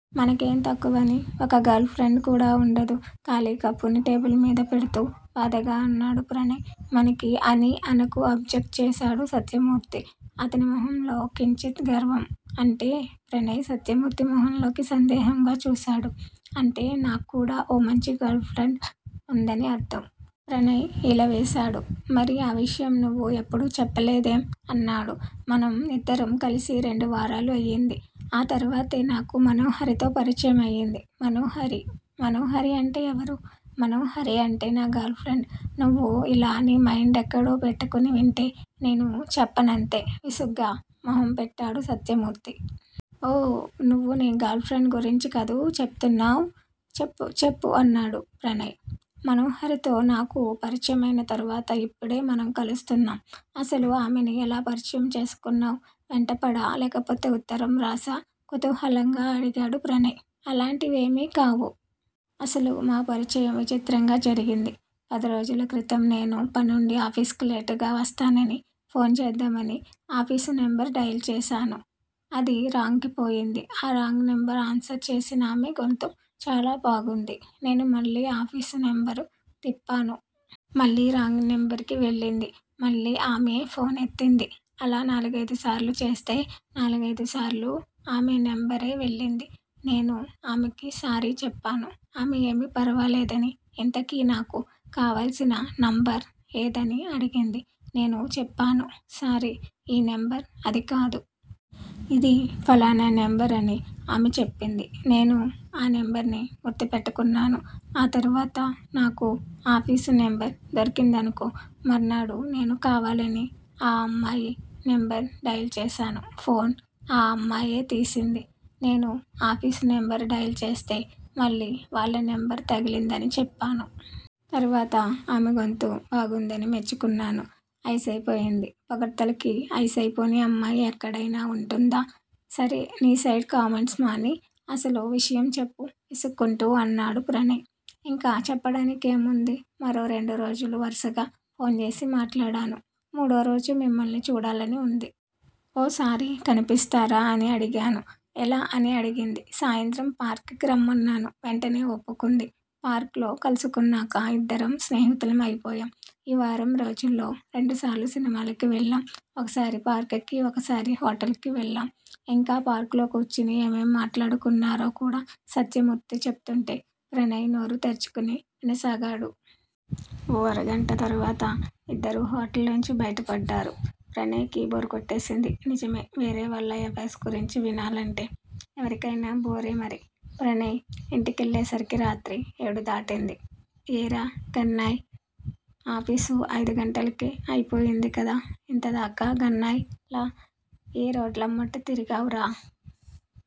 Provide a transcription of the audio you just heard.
మనకేం తక్కువని ఒక్క గర్ల్ ఫ్రెండ్ కూడా వుండదు ఖాళీ కప్పుని టేబుల్ మీద పెడుతూ బాధగా అన్నాడు ప్రణయ్. మనకి అని అనకు అబ్జక్ట్ చేశాడు సత్యమూర్తి. అతని మొహంలో కించిత్ గర్వం. అంటే? ప్రణయ్ సత్యమూర్తి మొహంలోకి సందేహంగా చూశాడు. అంటే నాక్కూడా ఓ మంచి గర్ల్ ఫ్రెండ్ వుందని అర్ధం. ప్రణయ్ ఈల వేశాడు. మరి ఆ విషయం నువ్వు ఎప్పుడూ చెప్పలేదేం? అన్నాడు. మనం ఇద్దరం కలిసి రెండు వారాలు అయింది. ఆ తర్వాతే నాకు మనోహరితో పరిచయం అయ్యింది. మనోహరి! మనోహరి అంటే ఎవరు? మనోహరి అంటే నా గర్ల్ ఫ్రెండ్. నువ్వు ఇలా నీ మైండెక్కడో పెట్టుకుని వింటే నేను చెప్పనంతే విసుగ్గా మొహంపెట్టాడు సత్యమూర్తి. ఓ నువ్వు నీ గర్ల్ ఫ్రెండ్ గురించి కదూ చెప్తున్నావ్? చెప్పు, చెప్పు అన్నాడు ప్రణయ్. మనోహరితో నాకు పరిచయం అయిన తరువాత ఇప్పుడే మనం కలుస్తున్నాం. అసలు ఆమెని ఎలా పరిచయం చేసుకున్నావ్? వెంటపడా? లేకపోతే ఉత్తరం వ్రాశా? కుతూహలంగా అడిగాడు ప్రణయ్. అలాంటివేమీ కావు. అసలు మా పరిచయం విచిత్రంగా జరిగింది. పదిరోజుల క్రితం నేను పనుండి ఆఫీసుకి లేటుగా వస్తానని ఫోన్ చేద్దామని ఆఫీసు నెంబర్ డయల్ చేశాను. అది రాంగ్ కి పోయింది. ఆ రాంగ్ నెంబర్ ఆన్సర్ చేసినామె గొంతు చాలా బాగుంది. నేను మళ్ళీ ఆఫీసు నెంబరు తిప్పాను. మళ్ళీ రాంగ్ నెంబర్ కి వెళ్ళింది. మళ్ళీ ఆమే ఫోన్ ఎత్తింది అలా నాలుగైదుసార్లు చేస్తే నాలుగైదుసార్లూ ఆమె నెంబరే వెళ్ళింది. నేను ఆమెకి సారీ చెప్పాను. ఆమె ఏమీ పరవాలేదని ఇంతకీ నాకు కావాల్సిన నంబర్ ఏదని అడిగింది. నేను చెప్పాను. సారీ ఈ నెంబర్ అది కాదు. ఇది ఫలానా నెంబర్ అని ఆమె చెప్పింది. నేను ఆ నెంబర్ ని గుర్తుపెట్టుకున్నాను ఆ తరువాత నాకు ఆఫీసు నెంబర్ దొరికిందనుకో మర్నాడు నేను కావాలని ఆ అమ్మాయి నెంబర్ డయల్ చేశాను. ఫోన్ ఆ అమ్మాయే తీసింది. నేను ఆఫీసు నెంబర్ డయల్ చేస్తే మళ్ళీ వాళ్ళ నెంబర్ తగిలిందని చెప్పాను. తరువాత ఆమె గొంతు బాగుందని మెచ్చుకున్నాను. అయిసయిపోయింది. పొగడ్తలకి అయిసయిపోని అమ్మాయి ఎక్కడైనా వుంటుందా? సరే నీ సైడ్ కామెంట్స్ మాని అసలు విషయం చెప్పు విసుక్కుంటూ అన్నాడు ప్రణయ్. ఇంక చెప్పడానికేముంది? మరో రెండు రోజులు వర్సగా ఫోన్ చేసి మాట్లాడాను. మూడోరోజు మిమ్మల్ని చూడాలని వుంది. ఓసారి కనిపిస్తారా అని అడిగాను. ఎలా అని అడిగింది. సాయంత్రం పార్క్ కి రమ్మన్నాను. వెంటనే ఒప్పుకుంది. పార్క్ లో కలుసుకున్నాక ఇద్దరం స్నేహితులం అయిపోయాం. ఈ వారం రోజుల్లో రెండుసార్లు సినిమాలకి వెళ్ళాం ఒకసారి పార్క్ కి, ఒకసారి హోటల్ కి వెళ్ళాం. ఇంకా పార్క్ లో కూర్చుని ఏమేం మాట్లాడుకున్నారో కూడా సత్యమూర్తి చెప్తుంటే ప్రణయ్ నోరు తెరుచుకుని వినసాగాడు. ఓ అరగంట తరువాత ఇద్దరూ హోటల్ లోంచి బయటపడ్డారు. ప్రణయ్ కి బోర్ కొట్టేసింది. నిజమే వేరేవాళ్ళ ఎఫైర్స్గురించి వినాలంటే ఎవరికయినా బోరేమరి. ప్రణయ్ ఇంటికెళ్ళేసరికి రాత్రి ఏడు దాటింది. ఏరా గన్నాయ్! ఆఫీసు అయిదు గంటలకే అయిపోయిందికదా? ఇంతదాకా గన్నాయ్ లా ఏ రోడ్లమ్మట తిరిగావ్ రా?